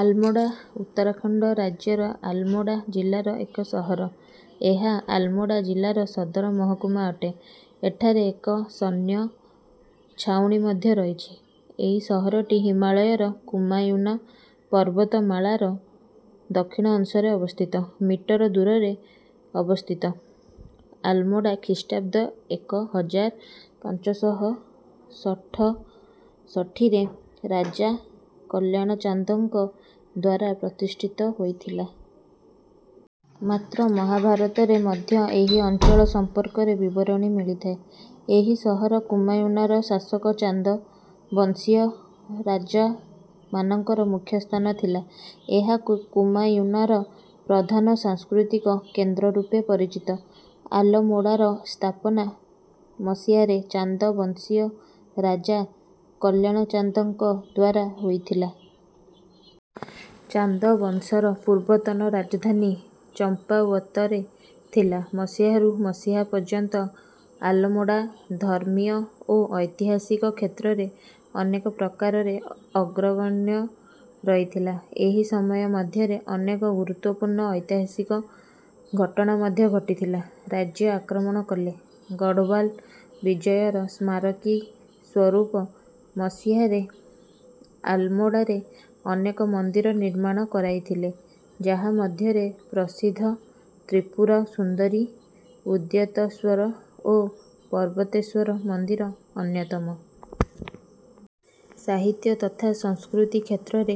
ଆଲମୋଡ଼ା ଉତ୍ତରାଖଣ୍ଡ ରାଜ୍ୟର ଆଲମୋଡ଼ା ଜିଲ୍ଲାର ଏକ ସହର। ଏହା ଆଲମୋଡ଼ା ଜିଲ୍ଲାର ସଦରମହକୁମା ଅଟେ। ଏଠାରେ ଏକ ସୈନ୍ୟ ଛାଉଣୀ ମଧ୍ୟ ରହିଛି। ଏହି ସହରଟି ହିମାଳୟର କୁମାୟୁନ ପର୍ବତମାଳାର ଦକ୍ଷିଣ ଅଂଶରେ ଅବସ୍ଥିତ। ମିଟର ଦୂରରେ ଅବସ୍ଥିତ। ଆଲମୋଡ଼ା ଖ୍ରୀଷ୍ଟାବ୍ଦ ଏକ ହଜାର ପାଞ୍ଚ ଶହ ଷଠଶଠିରେ ରାଜା କଲ୍ୟାଣ ଚାନ୍ଦଙ୍କ ଦ୍ୱାରା ପ୍ରତିଷ୍ଠିତ ହୋଇଥିଲା। ମାତ୍ର ମହାଭାରତରେ ମଧ୍ୟ ଏହି ଅଞ୍ଚଳ ସମ୍ପର୍କରେ ବିବରଣୀ ମିଳିଥାଏ। ଏହି ସହର କୁମାୟୁନର ଶାସକ ଚାନ୍ଦ ବଂଶୀୟ ରାଜାମାନଙ୍କର ମୁଖ୍ୟ ସ୍ଥାନ ଥିଲା। ଏହା କୁମାୟୁନର ପ୍ରଧାନ ସାଂସ୍କୃତିକ କେନ୍ଦ୍ର ରୂପେ ପରିଚିତ। ଆଲମୋଡ଼ାର ସ୍ଥାପନା ମସିହାରେ ଚାନ୍ଦ ବଂଶୀୟ ରାଜା କଲ୍ୟାଣ ଚାନ୍ଦଙ୍କ ଦ୍ୱାରା ହୋଇଥିଲା। ଚାନ୍ଦ ବଂଶର ପୂର୍ବତନ ରାଜଧାନୀ ଚମ୍ପାୱତରେ ଥିଲା। ମସିହାରୁ ମସିହା ପର୍ଯ୍ୟନ୍ତ ଆଲମୋଡ଼ା ଧର୍ମୀୟ ଓ ଐତିହାସିକ କ୍ଷେତ୍ରରେ ଅନେକ ପ୍ରକାରରେ ଅଗ୍ରଗଣ୍ୟ ରହିଥିଲା। ଏହି ସମୟ ମଧ୍ୟରେ ଅନେକ ଗୁରୁତ୍ୱପୂର୍ଣ୍ଣ ଐତିହାସିକ ଘଟଣା ମଧ୍ୟ ଘଟିଥିଲା। ରାଜ୍ୟ ଆକ୍ରମଣ କଲେ। ଗଡ଼ୱାଲ ବିଜୟର ସ୍ମାରକୀ ସ୍ୱରୂପ ମସିହାରେ ଆଲମୋଡ଼ାରେ ଅନେକ ମନ୍ଦିର ନିର୍ମାଣ କରାଇଥିଲେ, ଯାହା ମଧ୍ୟରେ ପ୍ରସିଦ୍ଧ ତ୍ରିପୁର ସୁନ୍ଦରୀ, ଉଦ୍ୟୋତଶ୍ୱର ଓ ପର୍ବତେଶ୍ୱର ମନ୍ଦିର ଅନ୍ୟତମ। ସାହିତ୍ୟ ତଥା ସଂସ୍କୃତି କ୍ଷେତ୍ରରେ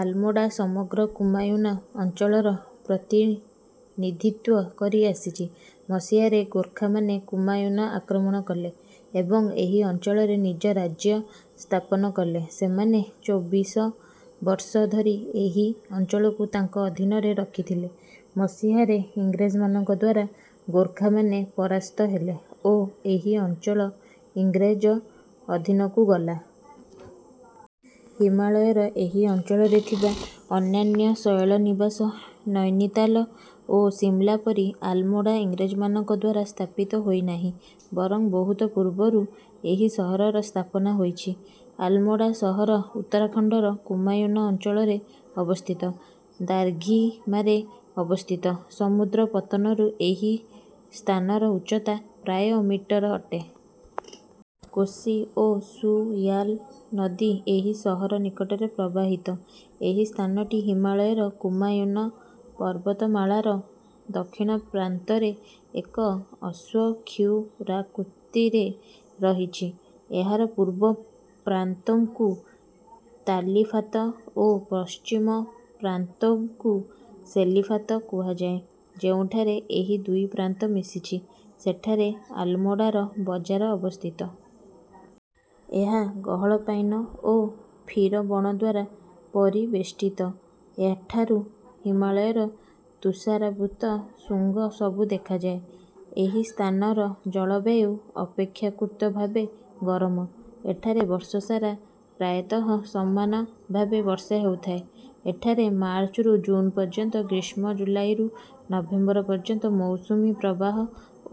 ଆଲମୋଡ଼ା ସମଗ୍ର କୁମାୟୁନ ଅଞ୍ଚଳର ପ୍ରତିନିଧିତ୍ୱ କରି ଆସିଛି। ମସିହାରେ ଗୋର୍ଖାମାନେ କୁମାୟୁନ ଆକ୍ରମଣ କଲେ ଏବଂ ଏହି ଅଞ୍ଚଳରେ ନିଜ ରାଜ୍ୟ ସ୍ଥାପନ କଲେ। ସେମାନେ ଚୋବିଶ ବର୍ଷ ଧରି ଏହି ଅଞ୍ଚଳକୁ ତାଙ୍କ ଅଧୀନରେ ରଖିଥିଲେ। ମସିହାରେ ଇଂରେଜମାନଙ୍କ ଦ୍ୱାରା ଗୋର୍ଖାମାନେ ପରାସ୍ତ ହେଲେ ଓ ଏହି ଅଞ୍ଚଳ ଇଂରେଜ ଅଧୀନକୁ ଗଲା। ହିମାଳୟର ଏହି ଅଞ୍ଚଳରେ ଥିବା ଅନ୍ୟାନ୍ୟ ଶୈଳନିବାସ ନୈନିତାଲ ଓ ଶିମଲା ପରି ଆଲମୋଡ଼ା ଇଂରେଜମାନଙ୍କ ଦ୍ୱାରା ସ୍ଥାପିତ ହୋଇନାହିଁ ବରଂ ବହୁତ ପୂର୍ବରୁ ଏହି ସହରର ସ୍ଥାପନା ହୋଇଛି। ଆଲମୋଡ଼ା ସହର ଉତ୍ତରାଖଣ୍ଡର କୁମାୟୁନ ଅଞ୍ଚଳରେ ଅବସ୍ଥିତ। ଦ୍ରାଘିମାରେ ଅବସ୍ଥିତ। ସମୁଦ୍ର ପତନରୁ ଏହି ସ୍ଥାନର ଉଚ୍ଚତା ପ୍ରାୟ ମିଟର ଅଟେ। କୋଶି ଓ ସୂୟାଲ ନଦୀ ଏହି ସହର ନିକଟରେ ପ୍ରବାହିତ। ଏହି ସ୍ଥାନଟି ହିମାଳୟର କୁମାୟୁନ ପର୍ବତମାଳାର ଦକ୍ଷିଣ ପ୍ରାନ୍ତରେ ଏକ ଅଶ୍ୱକ୍ଷୁରାକୃତିରେ ରହିଛି। ଏହାର ପୂର୍ବ ପ୍ରାନ୍ତକୁ ତାଲିଫାତ ଓ ପଶ୍ଚିମ ପ୍ରାନ୍ତକୁ ସେଲିଫାତ କୁହାଯାଏ। ଯେଉଁଠାରେ ଏହି ଦୁଇ ପ୍ରାନ୍ତ ମିଶିଛି, ସେଠାରେ ଆଲମୋଡ଼ାର ବଜାର ଅବସ୍ଥିତ। ଏହା ଗହଳ ପାଇନ ଓ ଫିର ବଣ ଦ୍ୱାରା ପରିବେଷ୍ଟିତ। ଏଠାରୁ ହିମାଳୟର ତୁଷାରାବୃତ ଶୃଙ୍ଗ ସବୁ ଦେଖାଯାଏ। ଏହି ସ୍ଥାନର ଜଳବାୟୁ ଅପେକ୍ଷାକୃତ ଭାବେ ଗରମ। ଏଠାରେ ବର୍ଷସାରା ପ୍ରାୟତଃ ସମାନ ଭାବେ ବର୍ଷା ହେଉଥାଏ। ଏଠାରେ ମାର୍ଚ୍ଚରୁ ଜୁନ ପର୍ଯ୍ୟନ୍ତ ଗ୍ରୀଷ୍ମ, ଜୁଲାଇରୁ ନଭେମ୍ବର ପର୍ଯ୍ୟନ୍ତ ମୌସୁମୀ ପ୍ରବାହ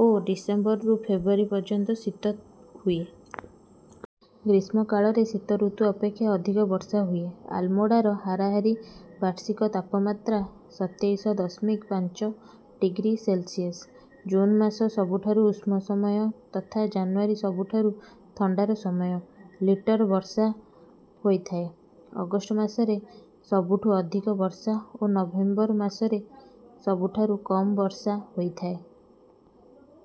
ଓ ଡିସେମ୍ବରରୁ ଫେବୃଆରୀ ପର୍ଯ୍ୟନ୍ତ ଶୀତ ହୁଏ। ଗ୍ରୀଷ୍ମକାଳରେ ଶୀତ ଋତୁ ଅପେକ୍ଷା ଅଧିକ ବର୍ଷା ହୁଏ। ଆଲମୋଡ଼ାର ହାରାହାରି ବାର୍ଷିକ ତାପମାତ୍ରା ସତେଇଶ ଦଶମିକ ପାଞ୍ଚ ଡିଗ୍ରୀ ସେଲସିୟସ। ଜୁନ ମାସ ସବୁଠାରୁ ଉଷ୍ମ ସମୟ ତଥା ଜାନୁଆରୀ ସବୁଠାରୁ ଥଣ୍ଡାର ସମୟ। ଲିଟର ବର୍ଷା ହୋଇଥାଏ। ଅଗଷ୍ଟ ମାସରେ ସବୁଠୁ ଅଧିକ ବର୍ଷା ଓ ନଭେମ୍ବର ମାସରେ ସବୁଠାରୁ କମ ବର୍ଷା ହୋଇଥାଏ।